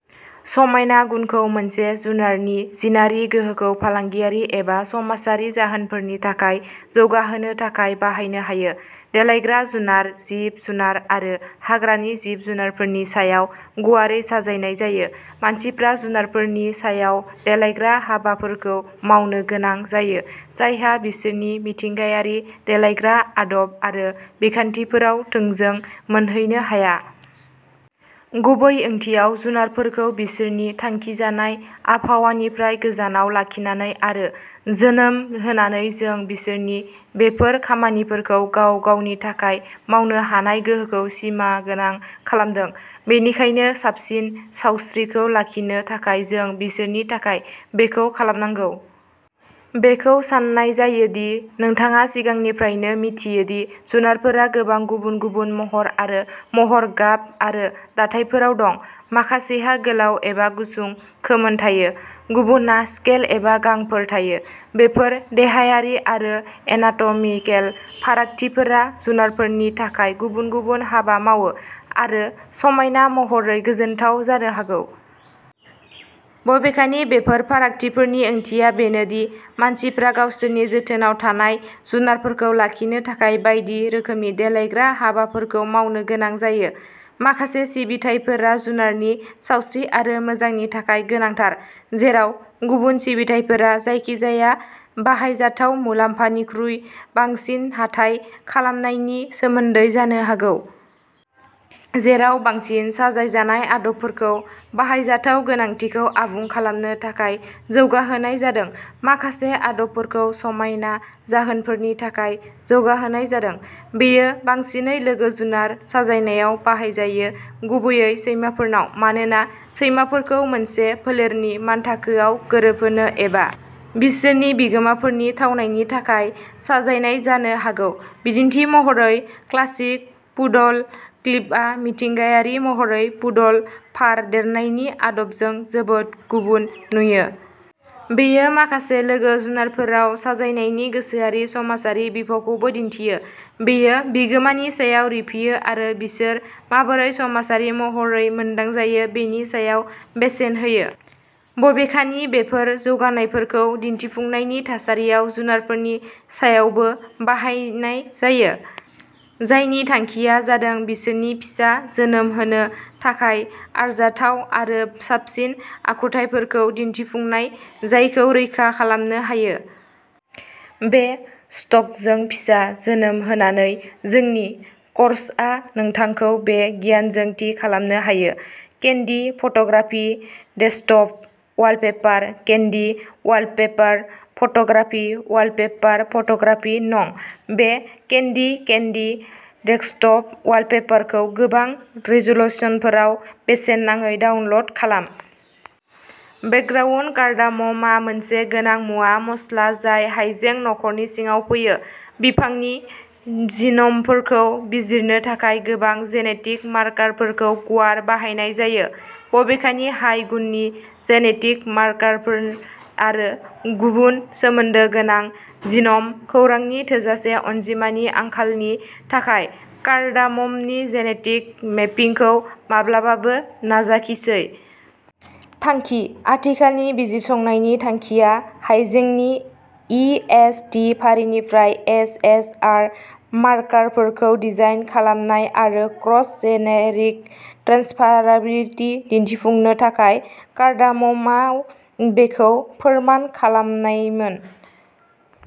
समायना गुनखौ मोनसे जुनारनि जिनारि गोहोखौ फालांगियारि एबा समाजारि जाहोनफोरनि थाखाय जौगाहोनो थाखाय बाहायनो हायो। देलायग्रा जुनार जिब जुनार आरो हाग्रानि जिब जुनारफोरनि सायाव गुवारै साजायनाय जायो। मानसिफ्रा जुनारफोरनि सायाव देलायग्रा हाबाफोरखौ मावनो गोनां जायो जायहा बिसोरनि मिथिंगायारि देलायग्रा आदब आरो बिखान्थिफोराव थोंजों मोनहैनो हाया। गुबै ओंथियाव जुनारफोरखौ बिसोरनि थांखिजानाय आबहावानिफ्राय गोजानाव लाखिनानै आरो जोनोम होनानै जों बिसोरनि बेफोर खामानिफोरखौ गाव गावनि थाखाय मावनो हानाय गोहोखौ सिमागोनां खालामदों। बेनिखायनो साबसिन सावस्रिखौ लाखिनो थाखाय जों बिसोरनि थाखाय बेखौ खालामनांगौ। बेखौ सान्नाय जायो दि नोंथाङा सिगांनिफ्रायनो मिथियो दि जुनारफोरा गोबां गुबुन गुबुन महर आरो महर गाब आरो दाथायफोराव दं। माखासेहा गोलाव एबा गुसुं खोमोन थायो गुबुना स्केल एबा गांफोर थायो। बेफोर देहायारि आरो एनाटमिकेल फारागथिफोरा जुनारफोरनि थाखाय गुबुन गुबुन हाबा मावो आरो समायना महरै गोजोनथाव जानो हागौ। बबेखानि बेफोर फारागथिफोरनि ओंथिया बेनो दि मानसिफ्रा गावसोरनि जोथोनआव थानाय जुनारफोरखौ लाखिनो थाखाय बायदि रोखोमनि देलायग्रा हाबाफोरखौ मावनो गोनां जायो। माखासे सिबिथायफोरा जुनारनि सावस्रि आरो मोजांनि थाखाय गोनांथार जेराव गुबुन सिबिथायफोरा जायखिजाया बाहायजाथाव मुलाम्फानिख्रुइ बांसिन हाथाय खालामनायनि सोमोन्दै जानो हागौ। जेराव बांसिन साजायजानाय आदबफोरखौ बाहायजाथाव गोनांथिखौ आबुं खालामनो थाखाय जौगाहोनाय जादों माखासे आदबफोरखौ समायना जाहोनफोरनि थाखाय जौगाहोनाय जादों। बेयो बांसिनै लोगो जुनार साजायनायआव बाहायजायो गुबैयै सैमाफोरनाव मानोना सैमाफोरखौ मोनसे फोलेरनि मानथाखोआव गोरोबहोनो एबा बिसोरनि बिगोमाफोरनि थावनायनि थाखाय साजायनाय जानो हागौ बिदिन्थि महरै क्लासिक पुडल क्लिपआ मिथिंगायारि महरै पुडल फार देरनायनि आदबजों जोबोद गुबुन नुयो। बेयो माखासे लोगो जुनारफोराव साजायनायनि गोसोआरि समाजारि बिफावखौबो दिन्थियो बेयो बिगोमानि सायाव रिफियो आरो बिसोर माबोरै समाजारि महरै मोनदांजायो बेनि सायाव बेसेन होयो। बबेखानि बेफोर जौगानायफोरखौ दिन्थिफुंनायनि थासारियाव जुनारफोरनि सायावबो बाहायनाय जायो जायनि थांखिया जादों बिसोरनि फिसा जोनोम होनो थाखाय आरजाथाव आरो साबसिन आखुथायफोरखौ दिनथिफुंनाय जायखौ रैखा खालामनो हायो। बे स्टकजों फिसा जोनोम होनानै जोंनि कर्सआ नोंथांखौ बे गियानजों थि खालामनो हायो। Candy photography desktop wallpaper candy wallpaper photography wallpaper photography नं। बे केन्डी केन्डी डेस्कट'प वालपेपरखौ गोबां रिज'लुसनफोराव बेसेन नाङै डाउनल'ड खालाम। बेकग्राउन्ड कार्डामम आ मोनसे गोनां मुवा मस्ला जाय हाइजें नखरनि सिङाव फैयो। बिफांनि जिन'मफोरखौ बिजिरनो थाखाय गोबां जेनेटिक मार्कारफोरखौ गुवार बाहायनाय जायो। बबेखानि हाइ गुननि जेनेटिक मार्कारफोर आरो गुबुन सोमोन्दो गोनां जिन'म खौरांनि थोजासे अनजिमानि आंखालनि थाखाय कार्डाममनि जेनेटिक मेपिंखौ माब्लाबाबो नाजाखिसै। थांखि आथिखालनि बिजिरसंनायनि थांखिया हाइजेंनि इ एस टि फारिनिफ्राय एस एस आर मार्कारफोरखौ डिजाइन खालामनाय आरो क्रस जेनेरिक ट्रेन्सफाराबिलिटि दिनथिफुंनो थाखाय कार्डाम'मआव बेखौ फोरमान खालामनायमोन।